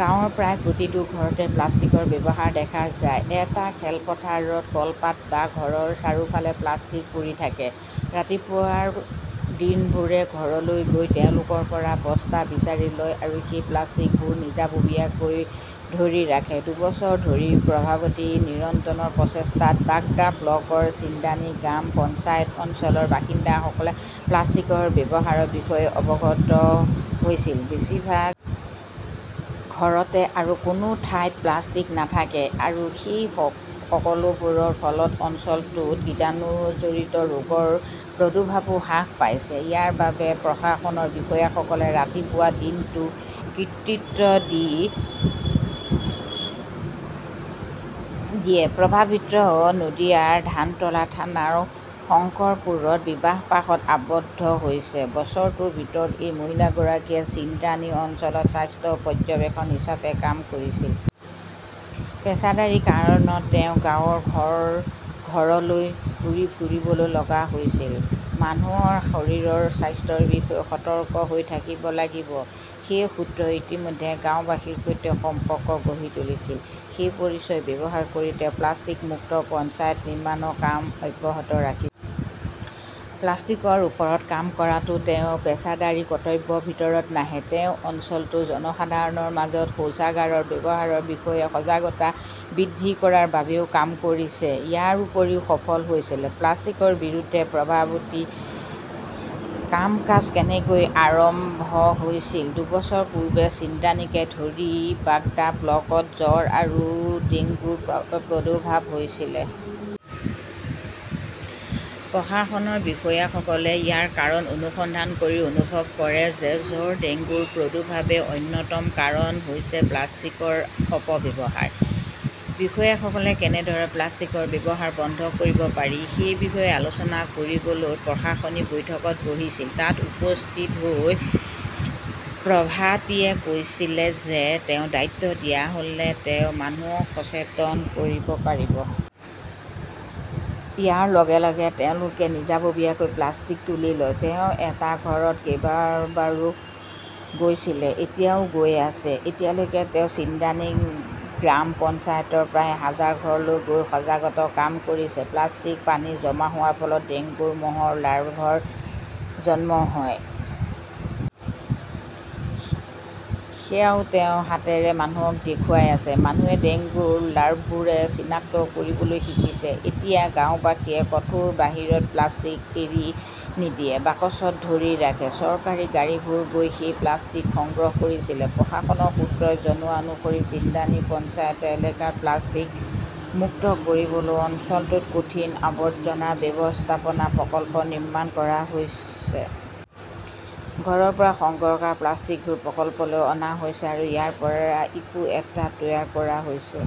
গাঁৱৰ প্ৰায় প্ৰতিটো ঘৰতে প্লাষ্টিকৰ ব্যৱহাৰ দেখা যায়। এটা খেলপথাৰত, কলপাত বা ঘৰৰ চাৰিওফালে প্লাষ্টিক পৰি থাকে। ৰাতিপুৱাৰ দিনবোৰে ঘৰলৈ গৈ তেওঁলোকৰ পৰা বস্তা বিচাৰি লয় আৰু সেই প্লাষ্টিকবোৰ নিজাববীয়াকৈ ধৰি ৰাখে। দুবছৰ ধৰি প্ৰভাৱতীৰ নিৰন্তৰ প্ৰচেষ্টাত বাগদা ব্লকৰ চিন্দ্ৰানী গ্ৰাম পঞ্চায়ত অঞ্চলৰ বাসিন্দাসকলে প্লাষ্টিকৰ ব্যৱহাৰৰ বিষয়ে অৱগত হৈছে। বেছিভাগ ঘৰতে আৰু কোনো ঠাইত প্লাষ্টিক নাথাকে, আৰু এই সকলোবোৰৰ ফলত অঞ্চলটোত কীটাণুজনিত ৰোগৰ প্ৰাদুৰ্ভাৱো হ্ৰাস পাইছে। ইয়াৰ বাবে প্ৰশাসনৰ বিষয়াসকলে ৰাতিপুৱাৰ দিনটোক কৃতিত্ব দিয়ে। প্ৰভাতিয়ে নাদিয়াৰ ধানতলা থানাৰ শংকৰপুৰত বিবাহপাশত আবদ্ধ হৈছে। বছৰটোৰ ভিতৰত এই মহিলাগৰাকীয়ে চিন্দ্ৰানী অঞ্চলত স্বাস্থ্য পৰ্যবেক্ষক হিচাপে কাম কৰিছিল। পেছাদাৰী কাৰণত তেওঁ গাঁৱৰ ঘৰ- ঘৰলৈ ঘূৰি ফুৰিব লগা হৈছিল। মানুহৰ শৰীৰৰ স্বাস্থ্যৰ বিষয়ে সতৰ্ক হৈ থাকিব লাগিব সেই সূত্ৰই ইতিমধ্যে গাওঁবাসীৰ সৈতে সম্পৰ্ক গঢ়ি তুলিছিল। সেই পৰিচয় ব্যৱহাৰ কৰি তেওঁ প্লাষ্টিক মুক্ত পঞ্চায়ত নিৰ্মাণৰ কাম অব্যাহত ৰাখিছে। প্লাষ্টিকৰ ওপৰত কাম কৰাটো তেওঁৰ পেছাদাৰী কৰ্তব্যৰ ভিতৰত নাহে। তেওঁ অঞ্চলটোৰ জনসাধাৰণৰ মাজত শৌচাগাৰৰ ব্যৱহাৰৰ বিষয়ে সজাগতা বৃদ্ধি কৰাৰ বাবেও কাম কৰিছে, ইয়াৰ উপৰিও সফল হৈছিল। প্লাষ্টিকৰ বিৰুদ্ধে প্ৰভাৱতীৰ কাম-কাজ কেনেকৈ আৰম্ভ হৈছিল? দুবছৰ পূৰ্বে ছিন্দ্ৰানীকে ধৰি বাগদা ব্লকত জ্বৰ আৰু ডেংগুৰ প্ৰাদুৰ্ভাৱ হৈছিল। প্ৰশাসনৰ বিষয়াসকলে ইয়াৰ কাৰণ অনুসন্ধান কৰি অনুভৱ কৰে যে জ্বৰ-ডেংগুৰ প্ৰাদুৰ্ভাৱৰ অন্যতম কাৰণ হৈছে প্লাষ্টিকৰ অপ-ব্যৱহাৰ। বিষয়াসকলে কেনেদৰে প্লাষ্টিকৰ ব্যৱহাৰ বন্ধ কৰিব পাৰি সেই বিষয়ে আলোচনা কৰিবলৈ প্ৰশাসনিক বৈঠকত বহিছিল। তাত উপস্থিত হৈ প্ৰভাতিয়ে কৈছিল যে- তেওঁক দায়িত্ব দিয়া হ'লে তেওঁ মানুহক সচেতন কৰিব পাৰিব। ইয়াৰ লগে -লগে তেওঁলোকে নিজাববীয়াকৈ প্লাষ্টিক তুলি লয়। তেওঁ এটা ঘৰত কেইবাবাৰো গৈছিল, এতিয়াও গৈ আছে। এতিয়ালৈকে তেওঁ চিন্দ্ৰাণী গ্ৰাম পঞ্চায়তৰ প্ৰায় হাজাৰ ঘৰলৈ গৈ সজাগতাৰ কাম কৰিছে। প্লাষ্টিকত পানী জমা হোৱাৰ ফলত ডেংগু মহৰ লাৰ্ভাৰ জন্ম হয়। সেয়াও তেওঁ হাতেৰে মানুহক দেখুৱাই আছে। মানুহে ডেংগু লাৰ্ভবোৰো চিনাক্ত কৰিবলৈ শিকিছে। এতিয়া গাওঁবাসীয়ে কোঠাৰ বাহিৰত প্লাষ্টিক এৰি নিদিয়ে, বাকচত ধৰি ৰাখে। চৰকাৰী গাড়ীবোৰে গৈ সেই প্লাষ্টিকটো সংগ্ৰহ কৰিছিল। প্ৰশাসনৰ সূত্ৰই জনোৱা অনুসৰি ছিন্দ্ৰানী পঞ্চায়ত এলেকা প্লাষ্টিক মুক্ত কৰিবলৈ অঞ্চলটোত কঠিন আৱৰ্জনা ব্যৱস্থাপনা প্ৰকল্প নিৰ্মাণ কৰা হৈছে। ঘৰৰ পৰা সংগ্ৰহ কৰা প্লাষ্টিকবোৰ প্ৰকল্পলৈ অনা হৈছে আৰু ইয়াৰ পৰা ইকো-ইটা তৈয়াৰ কৰা হৈছে।